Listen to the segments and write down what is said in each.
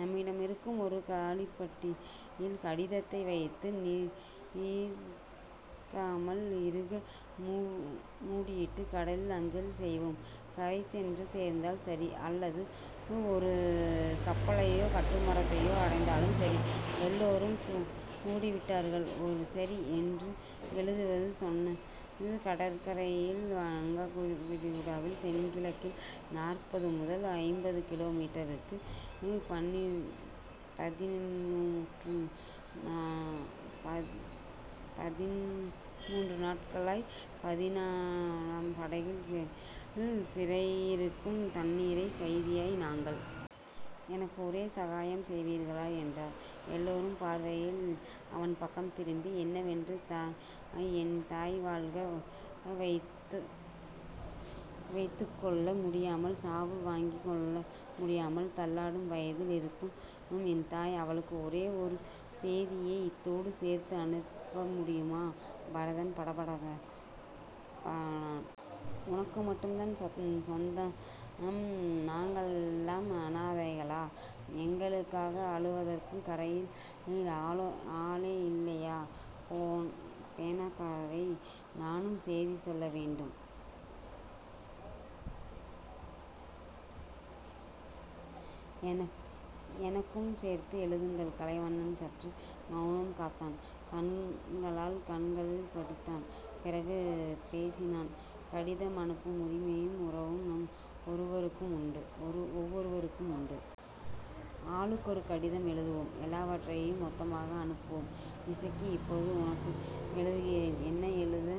நம்மிடமிருக்கும் ஒரு காலிப்பட்டியில்... கடிதத்தை வைத்து நீர்புகாமல் இறுக முடியிட்டுக் கடலில் அஞ்சல் செய்வோம். கரைசென்று சேர்ந்தால் சரி அல்லது ஒரு கப்பலையோ கட்டுமரத்தையோ அடைந்தாலும் சரி எல்லோரும் கூடிவிட்டார்கள். சரி... என்று எழுதுவது? சென்னைக் கடற்கரையில் வங்காளவிரிகுடாவின் தென்கிழக்கே நாற்பது முதல் ஐம்பது கிலோ மீட்டருக்குள் பதின்முன்று நாட்களாய்ப் பதினான படகில் சிறையிருக்கும் தண்ணீர்க் கைதிகள் நாங்கள். எனக்கு ஒரு சகாயம் செய்வீர்களா? என்றான். எல்லோர் பார்வையும் அவன்பக்கம் திரும்பி என்னவென்ற. என் தாய் வாழ்வு, வைத்துக்கொள்ள முடியாமல் சாவு, வாங்கிக் கொள்ள முடியாமல் தள்ளாடும் வயதில் இருக்கும் என் தாய் அவளுக்கு ஒரே ஒரு சேதியை இத்தோடு சேர்த்து அனுப்பமுடியுமா? பரதன் படபடப்பானான். உனக்கு மட்டும்தான் சொந்தம்? நாங்களெல்லாம் அநாதைகளா? எங்களுக்காக அழுவதற்குக் கரையில் ஆளே இல்லையா? பேனாக்காரரே. நானும் சேதி சொல்ல வேண்டும். எனக்கும் சேர்த்து எழுதுங்கள். கலைவண்ணன் சற்றே மெளனம் காத்தான். கண்களால் கண்கள் படித்தான். பிறகு பேசினான். கடிதம் அனுப்பும் உரிமையும் உறவும் ஒவ்வொருவருக்கும் உண்டு. ஆளுக்கொரு கடிதம் எழுதுவோம். எல்லாவற்றையும் மொத்தமாக அனுப்புவோம். இசக்கி இப்போது உனக்கு எழுதுகிறேன். என்ன எழுத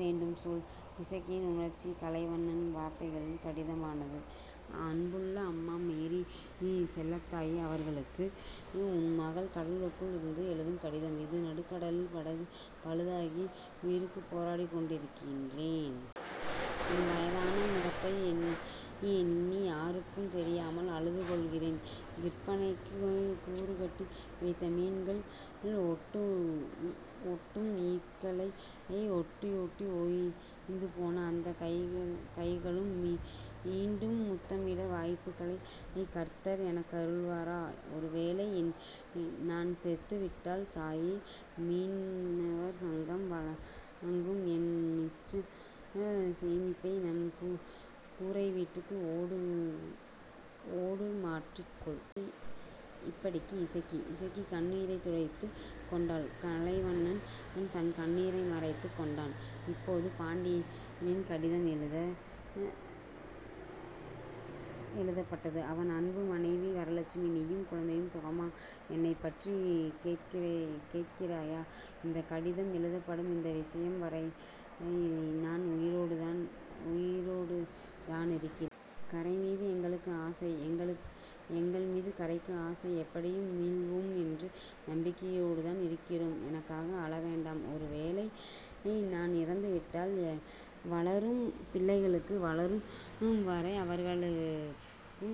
வேண்டும் சொல். இசக்கியின் உணர்ச்சி கலைவண்ணன் வார்த்தைகளில் கடிதமானது. அன்புள்ள அம்மா மேரி செல்லத்தாயி அவர்களுக்கு. உன் மகன் கடலுக்குள் இருந்து எழுதும் கடிதம் இது. நடுக்கடலில் படகு பழுதாகி உயிருக்குப் போராடிக் கொண்டிருக்கின்றேன். உன் வயதான முகத்தை எண்ணி எண்ணி யாருக்கும் தெரியாமல் அழுது கொள்கிறேன். விற்பனைக்குக் கூறுகட்டி வைத்த மீன்களில் ஒட்டும் ஈக்களை ஒட்டி ஒட்டி ஓய்ந்துபோன அந்தக் கைகளும் மீண்டும் முத்தமிடும் வாய்ப்புகளை இ கர்த்தர் எனக்கருள்வாரா? ஒருவேளை, நான் செத்துவிட்டால், தாயே... மீனவர் சங்கம் வழங்கும் என் மிச்சச் சேமிப்பில் நம் கூரைவீட்டுக்கு ஓடு மாற்றிக் கொள். இப்படிக்கு, இசக்கி இசக்கி கண்ணீரைத் துடைத்துக் கொண்டாள். கலைவண்ணன் தன் கண்ணீரை மறைத்துக் கொண்டான். இப்போது பாண்டியின் கடிதம் எழுதப்பட்டது. அவன் அன்பு மனைவி வரலட்சுமி. நீயும் குழந்தைகளும் சுகமா? என்னைப் பற்றிக் கேட்கிறாயா? இந்தக் கடிதம் எழுதப்படும் இந்த விஷயம் வரை நான் உயிரோடுதானிருக்கிறே. கரைமீது எங்களுக்கு ஆசை. எங்கள்மீது கரைக்கு ஆசை. எப்படியும் மீள்வோம் என்ற நம்பிக்கையோடுதான் இருக்கிறோம். எனக்காக அழ வேண்டாம். ஒருவேளை, நான் இறந்துவிட்டால் வளரும் பிள்ளைகளுக்கு வளரும் வரை அவர்களுக்கு